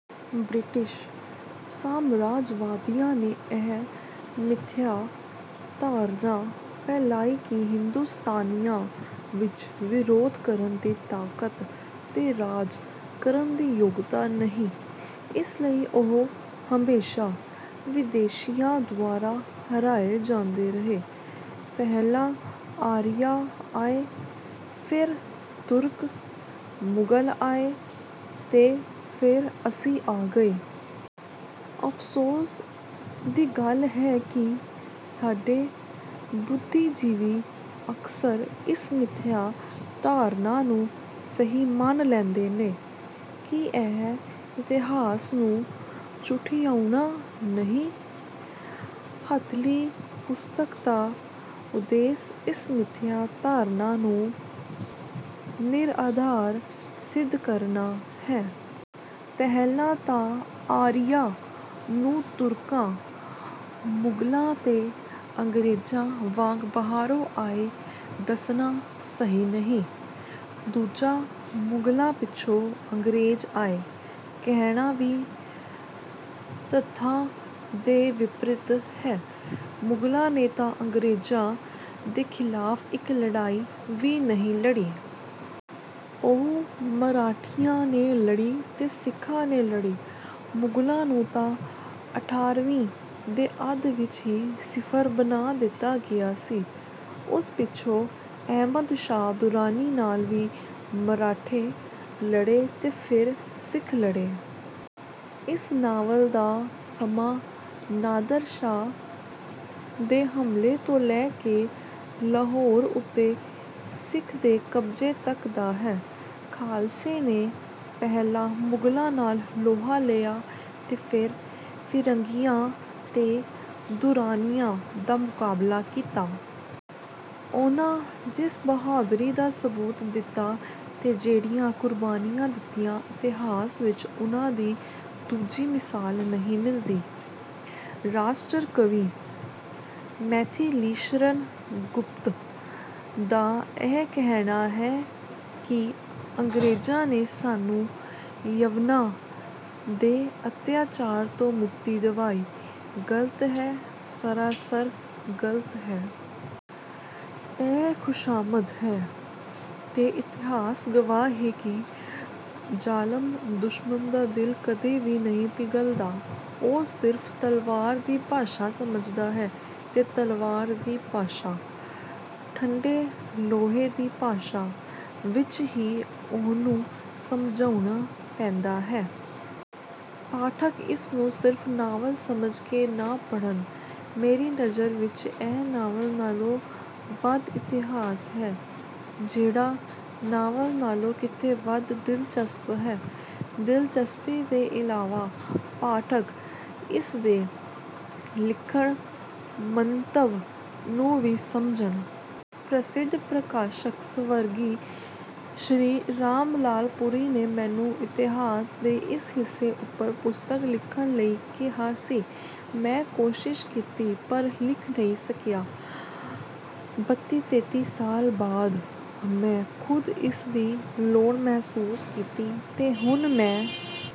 British ਸਾਮਰਾਜਵਾਦੀਆਂ ਨੇ ਇਹ ਮਿਥਿਆ ਧਾਰਨਾ ਫੈਲਾਈ ਕਿ ਹਿੰਦੁਸਤਾਨੀਆਂ ਵਿੱਚ ਵਿਰੋਧ ਕਰਨ ਦੀ ਤਾਕਤ ਤੇ ਰਾਜ ਕਰਨ ਦੀ ਯੋਗਤਾ ਨਹੀਂ, ਇਸ ਲਈ ਉਹ ਹਮੇਸ਼ਾ ਵਿਦੇਸ਼ੀਆਂ ਦੁਆਰਾ ਹਰਾਏ ਜਾਂਦੇ ਰਹੇ। ਪਹਿਲਾਂ ਆਰੀਆ ਆਏ, ਫੇਰ ਤੁਰਕ, ਮੁਗਲ ਆਏ ਤੇ ਫੇਰ ਅਸੀਂ ਆ ਗਏ। ਅਫ਼ਸੋਸ ਦੀ ਗੱਲ ਹੈ ਕਿ ਸਾਡੇ ਬੁੱਧੀਜੀਵੀ ਅਕਸਰ ਇਸ ਮਿਥਿਆ ਧਾਰਨਾ ਨੂੰ ਸਹੀ ਮੰਨ ਲੈਂਦੇ ਨੇ। ਕੀ ਇਹ ਇਤਿਹਾਸ ਨੂੰ ਝੁਠਿਆਉਣਾ ਨਹੀਂ? ਹੱਥਲੀ ਪੁਸਤਕ ਦਾ ਉਦੇਸ਼ ਇਸ ਮਿਥਿਆ ਧਾਰਨਾ ਨੂੰ ਨਿਰਆਧਾਰ ਸਿੱਧ ਕਰਨਾ ਹੈ। ਪਹਿਲਾਂ ਤਾਂ ਆਰੀਆਂ ਨੂੰ ਤੁਰਕਾਂ, ਮੁਗਲਾਂ ਤੇ ਅੰਗਰੇਜ਼ਾਂ ਵਾਂਗ ਬਾਹਰੋਂ ਆਏ ਦੱਸਣਾ ਸਹੀ ਨਹੀਂ। ਦੂਜਾ ਮੁਗਲਾਂ ਪਿੱਛੋਂ ਅੰਗਰੇਜ਼ ਆਏ, ਕਹਿਣਾ ਵੀ ਤੱਥਾਂ ਦੇ ਵਿਪਰੀਤ ਹੈ। ਮੁਗਲਾਂ ਨੇ ਤਾਂ ਅੰਗਰੇਜ਼ਾਂ ਦੇ ਖ਼ਿਲਾਫ਼ ਇੱਕ ਲੜਾਈ ਵੀ ਨਹੀਂ ਲੜੀ। ਉਹ ਮਰਾਠਿਆਂ ਨੇ ਲੜੀ ਤੇ ਸਿੱਖਾਂ ਨੇ ਲੜੀ। ਮੁਗਲਾਂ ਨੂੰ ਤਾਂ ਅਠਾਰਵੀਂ ਦੇ ਅੱਧ ਵਿੱਚ ਹੀ ਸਿਫਰ ਬਣਾ ਦਿੱਤਾ ਗਿਆ ਸੀ। ਉਸ ਪਿੱਛੋਂ ਅਹਿਮਦ ਸ਼ਾਹ ਦੁਰਾਨੀ ਨਾਲ ਵੀ ਮਰਾਠੇ ਲੜੇ ਤੇ ਫੇਰ ਸਿੱਖ ਲੜੇ। ਇਸ ਨਾਵਲ ਦਾ ਸਮਾਂ ਨਾਦਰ ਸ਼ਾਹ ਦੇ ਹਮਲੇ ਤੋਂ ਲੈ ਕੇ ਲਾਹੌਰ ਉੱਤੇ ਸਿੱਖਾਂ ਦੇ ਕਬਜ਼ੇ ਤਕ ਦਾ ਹੈ। ਖਾਲਸੇ ਨੇ ਪਹਿਲਾਂ ਮੁਗਲਾਂ ਨਾਲ ਲੋਹਾ ਲਿਆ ਤੇ ਫੇਰ ਫਿਰੰਗੀਆਂ ਤੇ ਦੁਰਾਨੀਆਂ ਦਾ ਮੁਕਾਬਲਾ ਕੀਤਾ। ਉਹਨਾਂ ਜਿਸ ਬਹਾਦੁਰੀ ਦਾ ਸਬੂਤ ਦਿੱਤਾ ਤੇ ਜਿਹੜੀਆਂ ਕੁਰਬਾਨੀਆਂ ਦਿੱਤੀਆਂ, ਇਤਿਹਾਸ ਵਿੱਚ ਉਹਨਾਂ ਦੀ ਦੂਜੀ ਮਿਸਾਲ ਨਹੀਂ ਮਿਲਦੀ। 'ਰਾਸ਼ਟਰ ਕਵੀ' ਮੈਥਿਲੀਸ਼ਰਣ ਗੁਪਤ ਦਾ ਇਹ ਕਹਿਣਾ ਹੈ ਕਿ ਅੰਗਰੇਜ਼ਾਂ ਨੇ ਸਾਨੂੰ ਯਵਨਾਂ ਦੇ ਅਤਿਆਚਾਰ ਤੋਂ ਮੁਕਤੀ ਦਿਵਾਈ, ਗਲਤ ਹੈ, ਸਰਾਸਰ ਗਲਤ ਹੈ। ਇਹ ਖੁਸ਼ਾਮਦ ਹੈ। ਤੇ ਇਤਿਹਾਸ ਗਵਾਹ ਹੈ ਕਿ ਜ਼ਾਲਮ ਦੁਸ਼ਮਨ ਦਾ ਦਿਲ ਕਦੀ ਵੀ ਨਹੀਂ ਪਿਘਲਦਾ। ਉਹ ਸਿਰਫ ਤਲਵਾਰ ਦੀ ਭਾਸ਼ਾ ਸਮਝਦਾ ਹੈ ਤੇ ਤਲਵਾਰ ਦੀ ਭਾਸ਼ਾ, ਠੰਡੇ ਲੋਹੇ ਦੀ ਭਾਸ਼ਾ, ਵਿੱਚ ਹੀ ਉਹਨੂੰ ਸਮਝਾਉਣਾ ਪੈਂਦਾ ਹੈ। ਪਾਠਕ ਇਸ ਨੂੰ ਸਿਰਫ ਨਾਵਲ ਸਮਝ ਕੇ ਨਾ ਪੜ੍ਹਨ। ਮੇਰੀ ਨਜ਼ਰ ਵਿੱਚ ਇਹ ਨਾਵਲ ਨਾਲੋਂ ਵੱਧ ਇਤਿਹਾਸ ਹੈ, ਜਿਹੜਾ ਨਾਵਲ ਨਾਲੋਂ ਕਿਤੇ ਵੱਧ ਦਿਲਚਸਪ ਹੈ। ਦਿਲਚਸਪੀ ਦੇ ਇਲਾਵਾ ਪਾਠਕ ਇਸ ਦੇ ਲਿਖਣ-ਮੰਤਵ ਨੂੰ ਵੀ ਸਮਝਣ। ਪ੍ਰਸਿੱਧ ਪ੍ਰਕਾਸ਼ਕ ਸਵਰਗੀ ਸ਼੍ਰੀ ਰਾਮਲਾਲ ਪੁਰੀ ਨੇ ਮੈਨੂੰ ਇਤਿਹਾਸ ਦੇ ਇਸ ਹਿੱਸੇ ਉੱਪਰ ਪੁਸਤਕ ਲਿਖਣ ਲਈ ਕਿਹਾ ਸੀ। ਮੈਂ ਕੋਸ਼ਿਸ਼ ਕੀਤੀ, ਪਰ ਲਿਖ ਨਹੀਂ ਸਕਿਆ। ਬੱਤੀ-ਤੇਤੀ ਸਾਲ ਬਾਅਦ ਮੈਂ ਖ਼ੁਦ ਇਸ ਦੀ ਲੋੜ ਮਹਿਸੂਸ ਕੀਤੀ ਤੇ ਹੁਣ ਮੈਂ